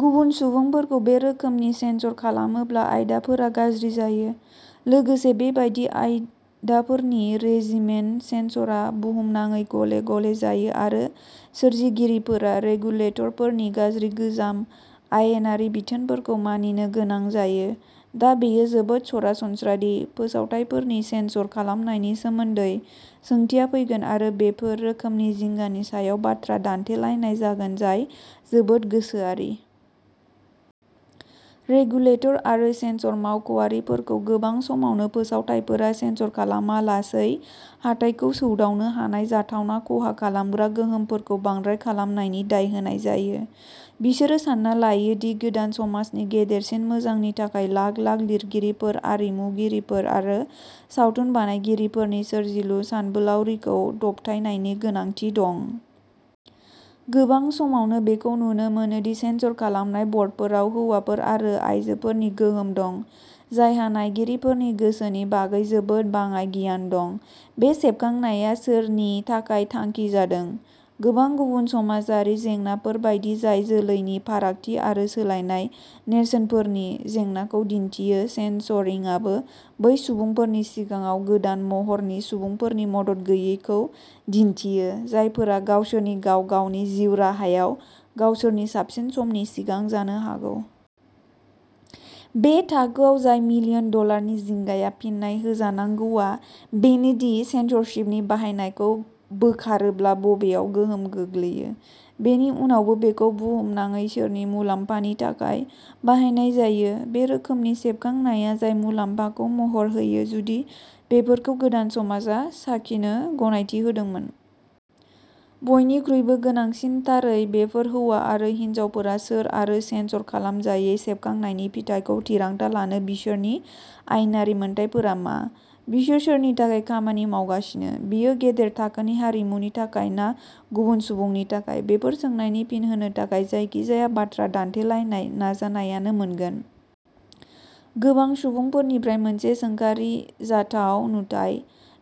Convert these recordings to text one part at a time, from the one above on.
गुबुन सुबुंफोरखौ बे रोखोमनि सेन्सर खालामोब्ला आयदाफोरा गाज्रि जायो। लोगोसे बेबादि आयदाफोरनि रेजिमेन सेन्सरआ बुहुमनाङै गले गले जायो आरो सोरजिगिरिफोरा रेगुलेटरफोरनि गाज्रि गोजाम आयेनारि बिथोनफोरखौ मानिनो गोनां जायो। दा बेयो जोबोद सरासनस्रा दि फोसावथाइफोरनि सेन्सर खालामनायनि सोमोन्दै सोंथिया फैगोन आरो बेफोर रोखोमनि जिंगानि सायाव बाथ्रा दान्थेलायनाय जागोन जाय जोबोद गोसोआरि। रेगुलेटर आरो सेन्सर मावख'आरिफोरखौ गोबां समावनो फोसावथाइफोरा सेन्सर खालामालासै हाथाइखौ सौदावनो हानाय जाथावना खहा खालामग्रा गोहोमफोरखौ बांद्राय खालामनायनि दाय होनाय जायो। बिसोरो सानना लायो दि गोदान समाजनि गेदेरसिन मोजांनि थाखाय लाख लाख लिरगिरिफोर आरिमुगिरिफोर आरो सावथुन बानायगिरिफोरनि सोरजिलु सानबोलावरिखौ दबथायनायनि गोनांथि दं। गोबां समावनो बेखौ नुनो मोनो दि सेन्सर खालामनाय बर्डफोराव हौवाफोर आरो आयजोफोरनि गोहोम दं जायहा नायगिरिफोरनि गोसोनि बागै जोबोद बाङाइ गियान दं। बे सेबखांनाया सोरनि थाखाय थांखि जादों। गोबां गुबुन समाजारि जेंनाफोर बायदि जाय जोलैनि फारागथि आरो सोलायनाय नेरसोनफोरनि जेंनाखौ दिन्थियो सेनसरिंआबो बै सुबुंफोरनि सिगाङाव गोदान महरनि सुबुंफोरनि मदद गैयैखौ दिन्थियो, जायफोरा गावसोरनि गाव गावनि जिउ राहायाव गावसोरनि साबसिन समनि सिगां जानो हागौ। बे थाखोआव जाय मिलियन डलारनि जिंगाया फिननाय होजानांगौआ बेनो दि सेनसरशिपनि बाहायनायखौ बोखारोब्ला बबेयाव गोहोम गोग्लैयो? बेनि उनावबो बेखौ बुहुमनाङै सोरनि मुलाम्फानि थाखाय बाहायनाय जायो? बे रोखोमनि सेबखांनाया जाय मुलाम्फाखौ महर होयो जुदि बेफोरखौ गोदान समाजआ साखिनो गनायथि होदोंमोन। बयनिख्रुइबो गोनांसिनथारै, बेफोर हौवा आरो हिनजावफोरा सोर आरो सेनसर खालामजायै सेबखांनायनि फिथाइखौ थिरांथा लानो बिसोरनि आयेनारि मोनथायफोरा मा? बिसोर सोरनि थाखाय खामानि मावगासिनो? बेयो गेदेर थाखोनि हारिमुनि थाखाय ना गुबुन सुबुंनि थाखाय? बेफोर सोंनायनि फिन होनो थाखाय जायखिजाया बाथ्रा दानथेलायनाय नाजानायानो मोनगोन। गोबां सुबुंफोरनिफ्राय मोनसे सोंखारिजाथाव नुथाय।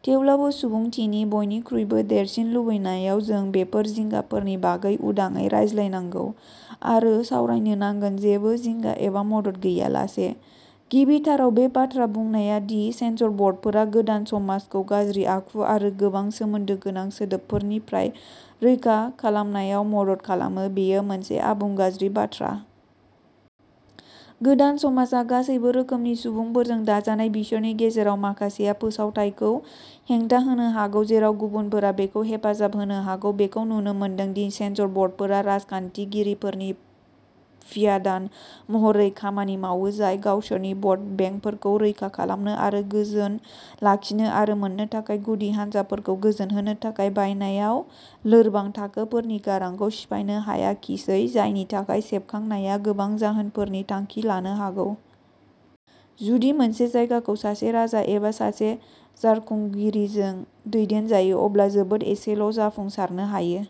थेवब्लाबो सुबुंथिनि बयनिख्रुइबो देरसिन लुबैनायाव जों बेफोर जिंगाफोरनि बागै उदाङै रायज्लायनांगौ आरो सावरायनो नांगोन जेबो जिंगा एबा मदद गैयालासे। गिबिथाराव बे बाथ्रा बुंनाया दि सेनसर बर्डफोरा गोदान समाजखौ गाज्रि आखु आरो गोबां सोमोन्दो गोनां सोदोबफोरनिफ्राय रैखा खालामनायाव मदद खालामो बेयो मोनसे आबुं गाज्रि बाथ्रा। गोदान समाजा गासैबो रोखोमनि सुबुंफोरजों दाजानाय बिसोरनि गेजेराव माखासेआ फोसावथायखौ हेंथा होनो हागौ जेराव गुबुनफोरा बेखौ हेफाजाब होनो हागौ। बेखौ नुनो मोनदों दि सेनसर बर्डफोरा राजखान्थिगिरिफोरनि प्यादान महरै खामानि मावो जाय गावसोरनि भट बेंकफोरखौ रैखा खालामनो आरो गोजोन लाखिनो आरो मोननो थाखाय गुदि हानजाफोरखौ गोजोनहोनो थाखाय बायनायाव लोरबां थाखोफोरनि गारांखौ सिफायनो हायाखिसै जायनि थाखाय सेबखांनाया गोबां जाहोनफोरनि थांखि लानो हागौ। जुदि मोनसे जायगाखौ सासे राजा एबा सासे जारखुंगिरिजों दैदेनजायो अब्ला जोबोद एसेल'जाफुंसारनो हायो।